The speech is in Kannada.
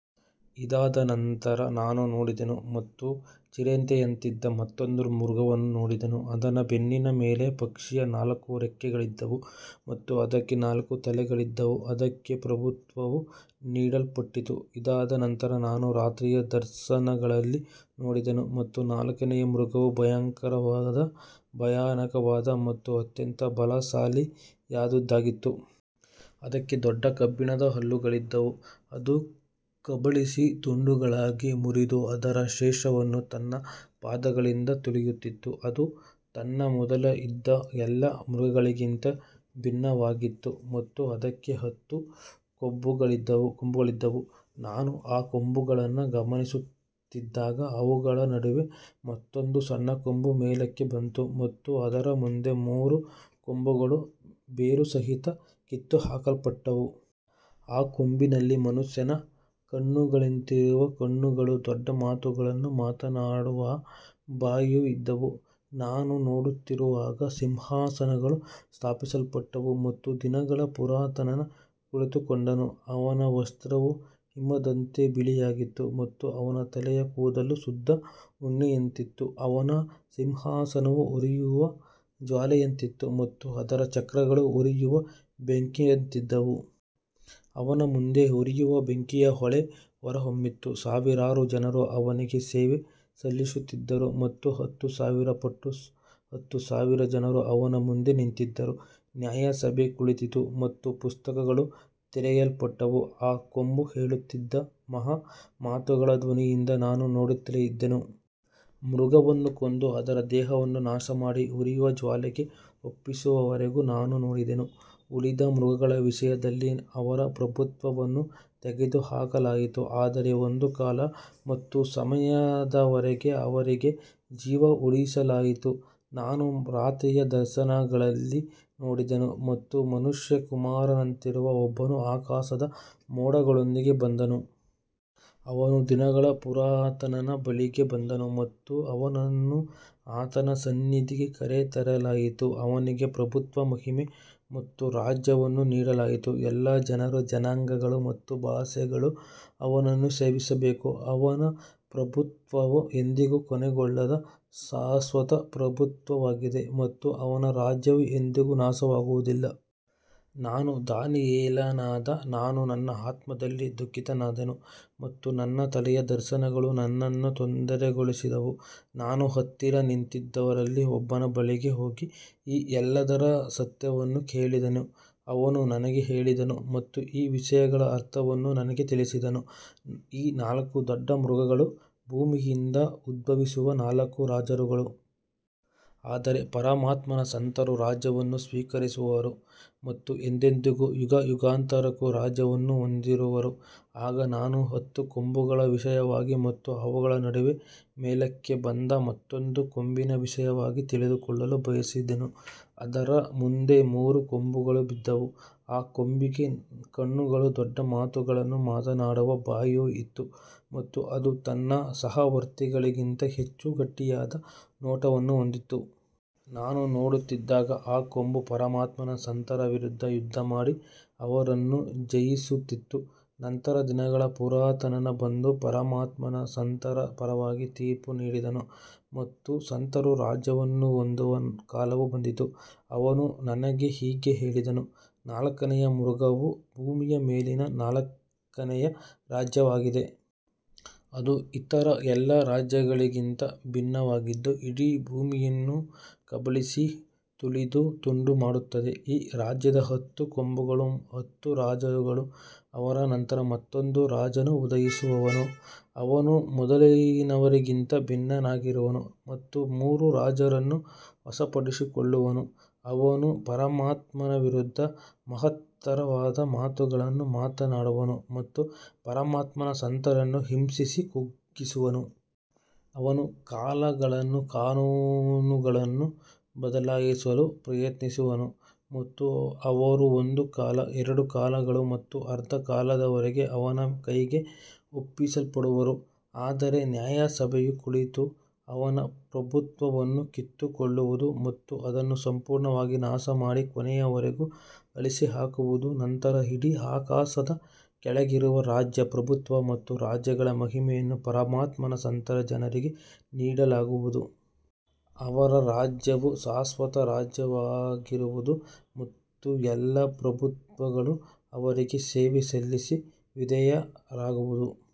ಇದಾದ ನಂತರ ನಾನು ನೋಡಿದೆನು ಮತ್ತು ಚಿರತೆಯಂತಿದ್ದ ಮತ್ತೊಂದು ಮೃಗವನ್ನು ನೋಡಿದೆನು, ಅದರ ಬೆನ್ನಿನ ಮೇಲೆ ಪಕ್ಷಿಯ ನಾಲ್ಕು ರೆಕ್ಕೆಗಳಿದ್ದವು ಮತ್ತು ಅದಕ್ಕೆ ನಾಲ್ಕು ತಲೆಗಳಿದ್ದವು, ಅದಕ್ಕೆ ಪ್ರಭುತ್ವವು ನೀಡಲ್ಪಟ್ಟಿತು. ಇದಾದ ನಂತರ ನಾನು ರಾತ್ರಿಯ ದರ್ಶನಗಳಲ್ಲಿ ನೋಡಿದೆನು ಮತ್ತು ನಾಲ್ಕನೆಯ ಮೃಗವು ಭಯಂಕರವಾದ, ಭಯಾನಕವಾದ ಮತ್ತು ಅತ್ಯಂತ ಬಲಶಾಲಿಯಾದುದಾಗಿತ್ತು. ಅದಕ್ಕೆ ದೊಡ್ಡ ಕಬ್ಬಿಣದ ಹಲ್ಲುಗಳಿದ್ದವು, ಅದು ಕಬಳಿಸಿ ತುಂಡುಗಳಾಗಿ ಮುರಿದು ಅದರ ಶೇಷವನ್ನು ತನ್ನ ಪಾದಗಳಿಂದ ತುಳಿಯುತ್ತಿತ್ತು. ಅದು ತನ್ನ ಮೊದಲು ಇದ್ದ ಎಲ್ಲಾ ಮೃಗಗಳಿಗಿಂತ ಭಿನ್ನವಾಗಿತ್ತು ಮತ್ತು ಅದಕ್ಕೆ ಹತ್ತು ಕೊಂಬುಗಳಿದ್ದವು. ನಾನು ಆ ಕೊಂಬುಗಳನ್ನು ಗಮನಿಸುತ್ತಿದ್ದಾಗ, ಅವುಗಳ ನಡುವೆ ಮತ್ತೊಂದು ಸಣ್ಣ ಕೊಂಬು ಮೇಲಕ್ಕೆ ಬಂತು ಮತ್ತು ಅದರ ಮುಂದೆ ಮೂರು ಕೊಂಬುಗಳು ಬೇರುಸಹಿತ ಕಿತ್ತುಹಾಕಲ್ಪಟ್ಟವು. ಆ ಕೊಂಬಿನಲ್ಲಿ ಮನುಷ್ಯನ ಕಣ್ಣುಗಳಂತಿರುವ ಕಣ್ಣುಗಳೂ ದೊಡ್ಡ ಮಾತುಗಳನ್ನು ಮಾತನಾಡುವ ಬಾಯಿಯೂ ಇದ್ದವು. ನಾನು ನೋಡುತ್ತಿರುವಾಗ ಸಿಂಹಾಸನಗಳು ಸ್ಥಾಪಿಸಲ್ಪಟ್ಟವು ಮತ್ತು ದಿನಗಳ ಪುರಾತನನು ಕುಳಿತುಕೊಂಡನು. ಅವನ ವಸ್ತ್ರವು ಹಿಮದಂತೆ ಬಿಳಿಯಾಗಿತ್ತು ಮತ್ತು ಅವನ ತಲೆಯ ಕೂದಲು ಶುದ್ಧ ಉಣ್ಣೆಯಂತಿತ್ತು. ಅವನ ಸಿಂಹಾಸನವು ಉರಿಯುವ ಜ್ವಾಲೆಯಂತಿತ್ತು ಮತ್ತು ಅದರ ಚಕ್ರಗಳು ಉರಿಯುವ ಬೆಂಕಿಯಂತಿದ್ದವು. ಅವನ ಮುಂದೆ ಉರಿಯುವ ಬೆಂಕಿಯ ಹೊಳೆ ಹೊರಹೊಮ್ಮಿತು. ಸಾವಿರಾರು ಜನರು ಅವನಿಗೆ ಸೇವೆ ಸಲ್ಲಿಸುತ್ತಿದ್ದರು ಮತ್ತು ಹತ್ತು ಸಾವಿರ ಪಟ್ಟು ಹತ್ತು ಸಾವಿರ ಜನರು ಅವನ ಮುಂದೆ ನಿಂತಿದ್ದರು. ನ್ಯಾಯಸಭೆ ಕುಳಿತಿತು ಮತ್ತು ಪುಸ್ತಕಗಳು ತೆರೆಯಲ್ಪಟ್ಟವು. ಆ ಕೊಂಬು ಹೇಳುತ್ತಿದ್ದ ಮಹಾ ಮಾತುಗಳ ಧ್ವನಿಯಿಂದ ನಾನು ನೋಡುತ್ತಲೇ ಇದ್ದೆನು. ಮೃಗವನ್ನು ಕೊಂದು ಅದರ ದೇಹವನ್ನು ನಾಶಮಾಡಿ ಉರಿಯುವ ಜ್ವಾಲೆಗೆ ಒಪ್ಪಿಸುವವರೆಗೂ ನಾನು ನೋಡಿದೆನು. ಉಳಿದ ಮೃಗಗಳ ವಿಷಯದಲ್ಲಿ ಅವರ ಪ್ರಭುತ್ವವನ್ನು ತೆಗೆದುಹಾಕಲಾಯಿತು, ಆದರೆ ಒಂದು ಕಾಲ ಮತ್ತು ಸಮಯದವರೆಗೆ ಅವರಿಗೆ ಜೀವ ಉಳಿಸಲಾಯಿತು. ನಾನು ರಾತ್ರಿಯ ದರ್ಶನಗಳಲ್ಲಿ ನೋಡಿದೆನು ಮತ್ತು ಮನುಷ್ಯಕುಮಾರನಂತಿರುವ ಒಬ್ಬನು ಆಕಾಶದ ಮೋಡಗಳೊಂದಿಗೆ ಬಂದನು. ಅವನು ದಿನಗಳ ಪುರಾತನನ ಬಳಿಗೆ ಬಂದನು ಮತ್ತು ಅವನನ್ನು ಆತನ ಸನ್ನಿಧಿಗೆ ಕರೆತರಲಾಯಿತು. ಅವನಿಗೆ ಪ್ರಭುತ್ವ, ಮಹಿಮೆ ಮತ್ತು ರಾಜ್ಯವನ್ನು ನೀಡಲಾಯಿತು. ಎಲ್ಲಾ ಜನರು, ಜನಾಂಗಗಳು ಮತ್ತು ಭಾಷೆಗಳು ಅವನನ್ನು ಸೇವಿಸಬೇಕು. ಅವನ ಪ್ರಭುತ್ವವು ಎಂದಿಗೂ ಕೊನೆಗೊಳ್ಳದ ಶಾಶ್ವತ ಪ್ರಭುತ್ವವಾಗಿದೆ ಮತ್ತು ಅವನ ರಾಜ್ಯವು ಎಂದಿಗೂ ನಾಶವಾಗುವುದಿಲ್ಲ. ನಾನು ದಾನಿಯೇಲನಾದ ನಾನು ನನ್ನ ಆತ್ಮದಲ್ಲಿ ದುಃಖಿತನಾದೆನು ಮತ್ತು ನನ್ನ ತಲೆಯ ದರ್ಶನಗಳು ನನ್ನನ್ನು ತೊಂದರೆಗೊಳಿಸಿದವು. ನಾನು ಹತ್ತಿರ ನಿಂತಿದ್ದವರಲ್ಲಿ ಒಬ್ಬನ ಬಳಿಗೆ ಹೋಗಿ ಈ ಎಲ್ಲದರ ಸತ್ಯವನ್ನು ಕೇಳಿದೆನು. ಅವನು ನನಗೆ ಹೇಳಿದನು ಮತ್ತು ಈ ವಿಷಯಗಳ ಅರ್ಥವನ್ನು ನನಗೆ ತಿಳಿಸಿದನು. ಈ ನಾಲ್ಕು ದೊಡ್ಡ ಮೃಗಗಳು ಭೂಮಿಯಿಂದ ಉದ್ಭವಿಸುವ ನಾಲ್ಕು ರಾಜರುಗಳು. ಆದರೆ ಪರಮಾತ್ಮನ ಸಂತರು ರಾಜ್ಯವನ್ನು ಸ್ವೀಕರಿಸುವರು ಮತ್ತು ಎಂದೆಂದಿಗೂ, ಯುಗಯುಗಾಂತರಕ್ಕೂ ರಾಜ್ಯವನ್ನು ಹೊಂದಿರುವರು. ಆಗ ನಾನು ಹತ್ತು ಕೊಂಬುಗಳ ವಿಷಯವಾಗಿ ಮತ್ತು ಅವುಗಳ ನಡುವೆ ಮೇಲಕ್ಕೆ ಬಂದ ಮತ್ತೊಂದು ಕೊಂಬಿನ ವಿಷಯವಾಗಿ ತಿಳಿದುಕೊಳ್ಳಲು ಬಯಸಿದೆನು. ಅದರ ಮುಂದೆ ಮೂರು ಕೊಂಬುಗಳು ಬಿದ್ದವು. ಆ ಕೊಂಬಿಗೆ ಕಣ್ಣುಗಳೂ ದೊಡ್ಡ ಮಾತುಗಳನ್ನು ಮಾತನಾಡುವ ಬಾಯಿಯೂ ಇತ್ತು ಮತ್ತು ಅದು ತನ್ನ ಸಹವರ್ತಿಗಳಿಗಿಂತ ಹೆಚ್ಚು ಗಟ್ಟಿಯಾದ ನೋಟವನ್ನು ಹೊಂದಿತ್ತು. ನಾನು ನೋಡುತ್ತಿದ್ದಾಗ ಆ ಕೊಂಬು ಪರಮಾತ್ಮನ ಸಂತರ ವಿರುದ್ಧ ಯುದ್ಧಮಾಡಿ ಅವರನ್ನು ಜಯಿಸುತ್ತಿತ್ತು. ನಂತರ ದಿನಗಳ ಪುರಾತನನು ಬಂದು ಪರಮಾತ್ಮನ ಸಂತರ ಪರವಾಗಿ ತೀರ್ಪು ನೀಡಿದನು ಮತ್ತು ಸಂತರು ರಾಜ್ಯವನ್ನು ಹೊಂದುವ ಕಾಲವು ಬಂದಿತು. ಅವನು ನನಗೆ ಹೀಗೆ ಹೇಳಿದನು, ನಾಲ್ಕನೆಯ ಮೃಗವು ಭೂಮಿಯ ಮೇಲಿನ ನಾಲ್ಕನೆಯ ರಾಜ್ಯವಾಗಿದೆ. ಅದು ಇತರ ಎಲ್ಲಾ ರಾಜ್ಯಗಳಿಗಿಂತ ಭಿನ್ನವಾಗಿದ್ದು ಇಡೀ ಭೂಮಿಯನ್ನು ಕಬಳಿಸಿ ತುಳಿದು ತುಂಡುಮಾಡುತ್ತದೆ. ಈ ರಾಜ್ಯದ ಹತ್ತು ಕೊಂಬುಗಳು ಹತ್ತು ರಾಜರುಗಳು. ಅವರ ನಂತರ ಮತ್ತೊಬ್ಬ ರಾಜನು ಉದಯಿಸುವನು. ಅವನು ಮೊದಲಿನವರಿಗಿಂತ ಭಿನ್ನನಾಗಿರುವನು ಮತ್ತು ಮೂರು ರಾಜರನ್ನು ವಶಪಡಿಸಿಕೊಳ್ಳುವನು. ಅವನು ಪರಮಾತ್ಮನ ವಿರುದ್ಧ ಮಹತ್ತರವಾದ ಮಾತುಗಳನ್ನು ಮಾತನಾಡುವನು ಮತ್ತು ಪರಮಾತ್ಮನ ಸಂತರನ್ನು ಹಿಂಸಿಸಿ ಕುಗ್ಗಿಸುವನು. ಅವನು ಕಾಲಗಳನ್ನೂ ಕಾನೂನುಗಳನ್ನೂ ಬದಲಾಯಿಸಲು ಪ್ರಯತ್ನಿಸುವನು ಮತ್ತು ಅವರು ಒಂದು ಕಾಲ, ಎರಡು ಕಾಲಗಳು ಮತ್ತು ಅರ್ಧ ಕಾಲದವರೆಗೆ ಅವನ ಕೈಗೆ ಒಪ್ಪಿಸಲ್ಪಡುವರು. ಆದರೆ ನ್ಯಾಯಸಭೆಯು ಕುಳಿತು ಅವನ ಪ್ರಭುತ್ವವನ್ನು ಕಿತ್ತುಕೊಳ್ಳುವುದು ಮತ್ತು ಅದನ್ನು ಸಂಪೂರ್ಣವಾಗಿ ನಾಶಮಾಡಿ ಕೊನೆಯವರೆಗೂ ಅಳಿಸಿಹಾಕುವುದು. ನಂತರ ಇಡೀ ಆಕಾಶದ ಕೆಳಗಿರುವ ರಾಜ್ಯ, ಪ್ರಭುತ್ವ ಮತ್ತು ರಾಜ್ಯಗಳ ಮಹಿಮೆಯನ್ನು ಪರಮಾತ್ಮನ ಸಂತರ ಜನರಿಗೆ ನೀಡಲಾಗುವುದು. ಅವರ ರಾಜ್ಯವು ಶಾಶ್ವತ ರಾಜ್ಯವಾಗಿರುವುದು ಮತ್ತು ಎಲ್ಲಾ ಪ್ರಭುತ್ವಗಳು ಅವರಿಗೆ ಸೇವೆ ಸಲ್ಲಿಸಿ ವಿಧೇಯರಾಗುವವು.